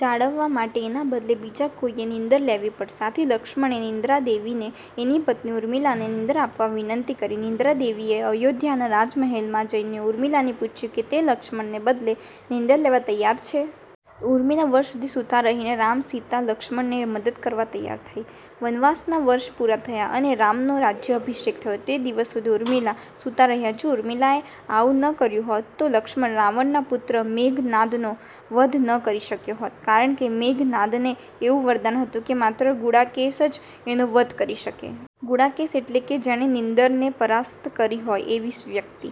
જાળવવા માટે એના બદલે બીજા કોઈએ નીંદર લેવી પડશે. આથી લક્ષ્મણે નિદ્રા દેવીને એની પત્ની ઉર્મિલાને નીંદર આપવા વિનંતી કરી. નિદ્રાદેવીએ અયોધ્યાના રાજમહેલમાં જઈને ઉર્મિલાને પૂછ્યું કે તે લક્ષ્મણને બદલે નીંદર લેવા તૈયાર છે? ઉર્મિલા વર્ષ સુધી સુતાં રહીને રામ, સીતા, લક્ષ્મણને મદદ કરવા તૈયાર થઇ! વનવાસના વર્ષ પુરા થયા અને રામનો રાજયાભિષેક થયો તે દિવસ સુધી ઉર્મિલા સુતાં રહ્યાં. જો ઉર્મિલાએ આવું ન કર્યું હોત તો લક્ષ્મણ, રાવણના પુત્ર મેઘનાદનો વધ ન કરી શક્યો હોત કારણકે મેઘનાદને એવું વરદાન હતું કે માત્ર "ગુડાકેશ" જ એનો વધ કરી શકે. ગુડાકેશ એટલે કે જેણે નિંદરને પરાસ્ત કરી હોય એવી વ્યક્તિ.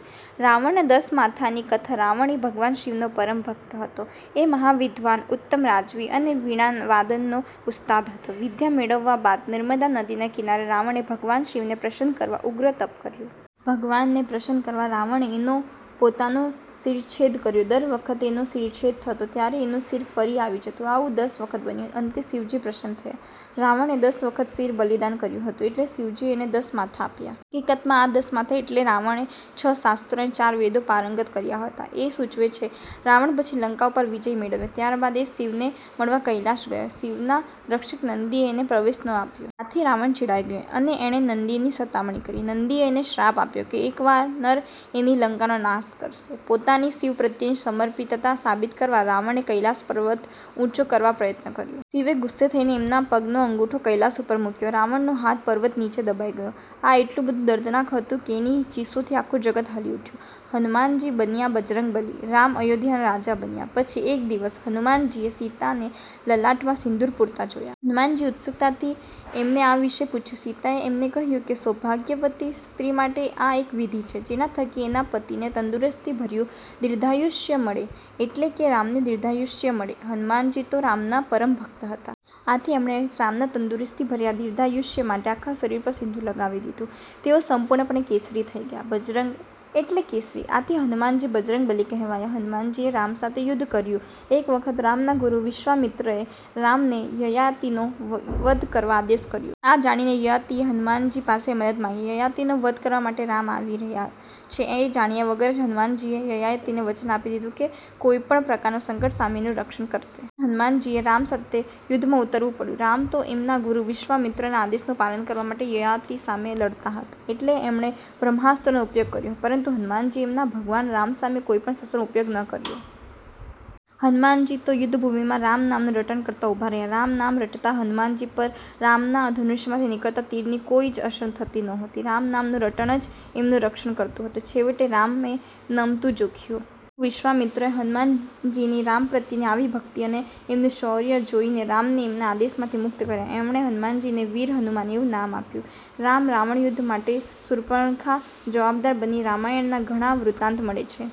રાવણના દસ માથાંની કથા રાવણ એ ભગવાન શિવનો પરમ ભક્ત હતો. એ મહાવિદ્વાન, ઉત્તમ રાજવી અને વીણા વાદનનો ઉસ્તાદ હતો. વિદ્યા મેળવ્યા બાદ, નર્મદા નદીને કિનારે રાવણે ભગવાન શિવને પ્રસન્ન કરવા ઉગ્ર તપ કર્યું. ભગવાનને પ્રસન્ન કરવા રાવણે એનો પોતાનો શિરચ્છેદ કર્યો. દર વખતે એનો શિરચ્છેદ થતો ત્યારે એનું શિર ફરી આવી જતું. આવું દસ વખત બન્યું. અંતે શિવજી પ્રસન્ન થયા. રાવણે દસ વખત શિર બલિદાન કર્યું હતું એટલે શિવજીએ એને દસ માથાં આપ્યાં. હકીકતમાં આ દસ માથાં એટલે રાવણે છ શાસ્ત્રો અને ચાર વેદ પારંગત કર્યા હતા એ સૂચવે છે. રાવણે પછી લંકા ઉપર વિજય મેળવ્યો. ત્યાર બાદ એ શિવને મળવા કૈલાશ ગયો. શિવના રક્ષક નંદીએ એને પ્રવેશ ન આપ્યો. આથી રાવણ ચિડાઈ ગયો અને એણે નંદીની સતામણી કરી. નંદીએ એને શ્રાપ આપ્યો કે એક વાનર એની લંકાનો નાશ કરશે! પોતાની શિવ પ્રત્યેની સમર્પિતતા સાબિત કરવા રાવણે કૈલાશ પર્વત ઉંચો કરવા પ્રયત્ન કર્યો. શિવે ગુસ્સે થઈને એમના પગનો અંગુઠો કૈલાશ ઉપર મુક્યો. રાવણનો હાથ પર્વત નીચે દબાઈ ગયો. આ એટલું બધું દર્દનાક હતું કે એની ચીસોથી આખું જગત હલી ઉઠ્યું. હનુમાનજી બન્યા બજરંગ બલી! રામ અયોધ્યાના રાજા બન્યા પછી એક દિવસ હનુમાનજીએ સીતાને લલાટમાં સિંદુર પુરતાં જોયાં. હનુમાનજીએ ઉત્સુકતાથી એમને આ વિષે પૂછ્યું. સીતાએ એમને કહ્યું કે સૌભાગ્યવતી સ્ત્રી માટે આ એક વિધિ છે જેના થકી એના પતિને તંદુરસ્તીભર્યું દીર્ધાયુષ્ય મળે. એટલે કે રામને દીર્ધાયુષ્ય મળે. હનુમાનજી તો રામના પરમ ભક્ત હતા. આથી એમણે રામના તંદુરસ્તીભર્યા દીર્ધાયુષ્ય માટે આખા શરીર પર સિંદુર લગાવી દીધું! તેઓ સંપૂર્ણપણે કેસરી થઇ ગયા! બજરંગ એટલે કેસરી. આથી હનુમાનજી બજરંગબલી કહેવાયા! હનુમાનજીએ રામ સાથે યુદ્ધ કર્યું! એક વખત રામના ગુરુ વિશ્વામિત્રએ રામને યયાતિનો વધ કરવા આદેશ કર્યો. આ જાણીને યયાતિએ હનુમાનજી પાસે મદદ માંગી. યયાતિનો વધ કરવા માટે રામ આવી રહ્યા છે એ જાણ્યા વગર જ હનુમાનજીએ યયાતિને વચન આપી દીધું કે કોઈ પણ પ્રકારના સંકટ સામે એનું રક્ષણ કરશે. આમ, હનુમાનજીએ રામ સાથે યુદ્ધમાં ઉતરવું પડ્યું! રામ તો એમના ગુરુ વિશ્વામિત્રના આદેશનું પાલન કરવા માટે યયાતિ સામે લડતા હતા એટલે એમણે બ્રહ્માસ્ત્રનો ઉપયોગ કર્યો. પરંતુ હનુમાનજીએ એમના ભગવાન રામ સામે કોઈ પણ શસ્ત્રનો ઉપયોગ ન કર્યો. હનુમાનજી તો યુદ્ધભૂમિમાં રામ નામનું રટણ કરતા ઉભા રહ્યા. રામ નામ રટતા હનુમાનજી પર રામના ધનુષમાંથી નીકળતા તીરની કોઈ જ અસર થતી નહોતી. રામ નામનું રટણ જ એમનું રક્ષણ કરતું હતું. છેવટે રામે નમતું જોખ્યું. ગુરુ વિશ્વામિત્રએ હનુમાનજીની રામ પ્રત્યેની આવી ભક્તિ અને એમનું શોર્ય જોઇને રામને એમના આદેશમાંથી મુક્ત કર્યા. એમણે હનુમાનજીને "વીર હનુમાન" એવું નામ આપ્યું. રામ રાવણ યુદ્ધ માટે શુર્પણખા જવાબદાર બની રામાયણના ઘણા વૃત્તાંત મળે છે.